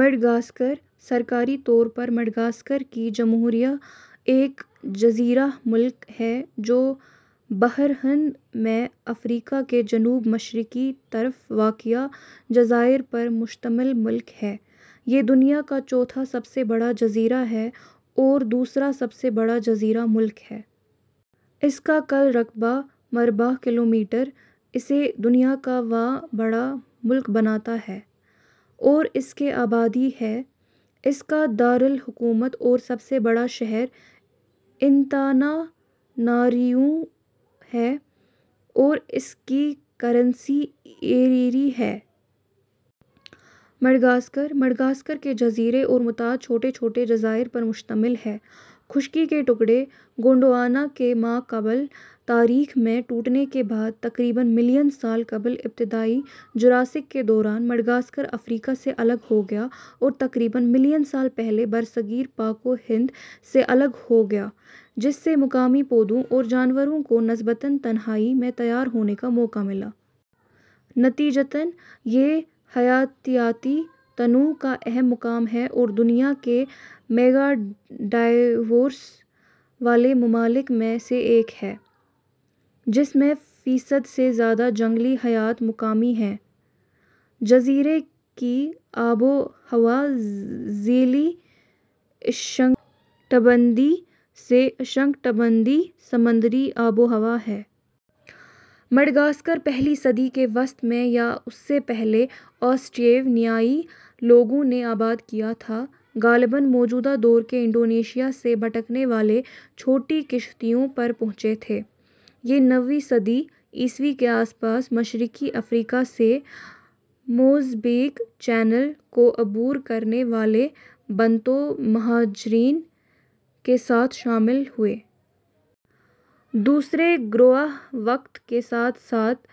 Madagascar ،، سرکاری طور پر Madagascar کی جمہوریہ، ایک جزیرہ ملک ہے جو بحر ہند میں افریقا کے جنوب مشرقی طرف واقع جزائر پر مشتمل ملک ہے۔ یہ دنیا کا چوتھا سب سے بڑا جزیرہ ہے اور دوسرا سب سے بڑا جزیرہ ملک ہے۔ اس کا کل رقبہ مربع کلومیٹر اسے دنیا کا واں بڑا ملک بناتا ہے۔ اور اس کے آبادی ہے ۔ اس کا دار الحکومت اور سب سے بڑا شہر انتاناناریوو ہے اور اس کی کرنسی ایریری ہے۔ مڈغاسکر، مڈغاسکر کے جزیرے اور متعدد چھوٹے چھوٹے جزائر پر مشتمل ہے۔ خشکی کے ٹکڑے، گونڈوانا کے ما قبل تاریخ میں ٹوٹنے کے بعد، تقریباً ملین سال قبل ابتدائی جراسک کے دوران مڈغاسکر افریقہ سے الگ ہو گیا اور تقریباً ملین سال پہلے برصغیر پاک و ہند سے الگ ہو گیا، جس سے مقامی پودوں اور جانوروں کو نسبتاً تنہائی میں تیار ہونے کا موقع ملا۔ نتیجتاً، یہ حیاتیاتی تنوع کا اہم مقام ہے اور دنیا کے میگا ڈائیورس والے ممالک میں سے ایک ہے، جس میں فیصد سے زیادہ جنگلی حیات مقامی ہیں۔ جزیرے کی آب و ہوا ذیلی اشنکٹبندیی سے اشنکٹبندیی سمندری آب و ہوا ہے۔ مڈغاسکر پہلی صدی کے وسط میں یا اس سے پہلے آسٹریونیائی لوگوں نے آباد کیا تھا، غالباً موجودہ دور کے انڈونیشیا سے بھٹکنے والے چھوٹی کشتیوں پر پہنچے تھے۔ یہ نویں صدی عیسوی کے آس پاس مشرقی افریقہ سے موزمبیق چینل کو عبور کرنے والے بنتو مہاجرین کے ساتھ شامل ہوئے۔ دوسرے گروہ وقت کے ساتھ ساتھ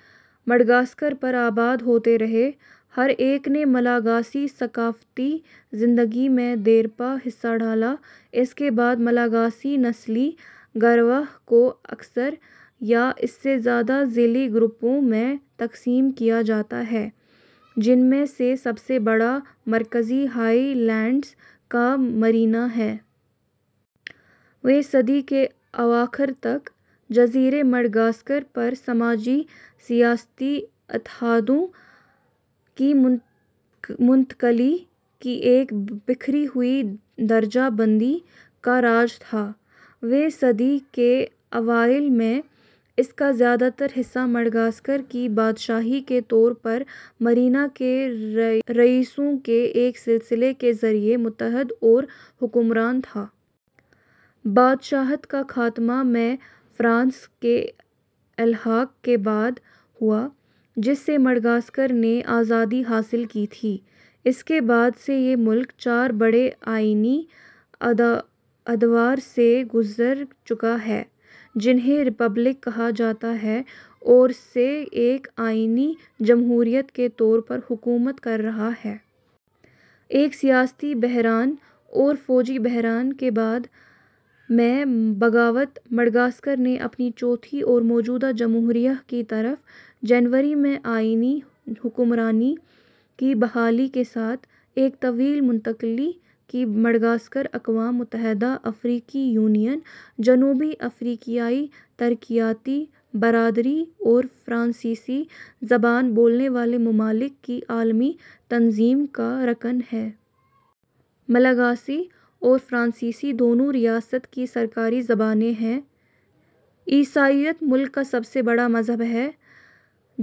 مڈغاسکر پر آباد ہوتے رہے، ہر ایک نے ملاگاسی ثقافتی زندگی میں دیرپا حصہ ڈالا۔ اس کے بعد، ملاگاسی نسلی گروہ کو اکثر یا اس سے زیادہ ذیلی گروپوں میں تقسیم کیا جاتا ہے، جن میں سے سب سے بڑا مرکزی ہائی لینڈز کا مرینا ہے۔ ویں صدی کے اواخر تک، جزیرے مڈغاسکر پر سماجی سیاسی اتحادوں کی منتقلی کی ایک بکھری ہوئی درجہ بندی کا راج تھا۔ ویں صدی کے اوائل میں، اس کا زیادہ تر حصہ مڈغاسکر کی بادشاہی کے طور پر مرینا کے رئیسوں کے ایک سلسلے کے ذریعے متحد اور حکمران تھا۔ بادشاہت کا خاتمہ میں فرانس کے الحاق کے بعد ہوا، جس سے مڈغاسکر نے میں آزادی حاصل کی تھی۔ اس کے بعد سے یہ ملک چار بڑے آئینی ادوار سے گذر چکا ہے، جنھیں ریپبلک کہا جاتا ہے اور سے ایک آئینی جمہوریت کے طور پر حکومت کر رہا ہے۔ ایک سیاسی بحران اور فوجی بحران کے بعد میں بغاوت، مڈغاسکر نے اپنی چوتھی اور موجودہ جمہوریہ کی طرف، جنوری میں آئینی حکمرانی کی بحالی کے ساتھ، ایک طویل منتقلی کی مڈغاسکر اقوام متحدہ، افریقی یونین، جنوبی افریقیائی ترقیاتی برادری اور فرانسیسی زبان بولنے والے ممالک کی عالمی تنظیم کا رکن ہے۔ ملاگاسی اور فرانسیسی دونوں ریاست کی سرکاری زبانیں ہیں۔ عیسائیت ملک کا سب سے بڑا مذہب ہے،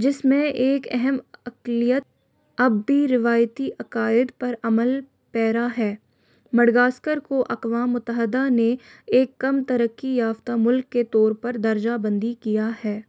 جس میں ایک اہم اقلیت اب بھی روایتی عقائد پر عمل پیرا ہے۔ مڈغاسکر کو اقوام متحدہ نے ایک کم ترقی یافتہ ملک کے طور پر درجہ بندی کیا ہے۔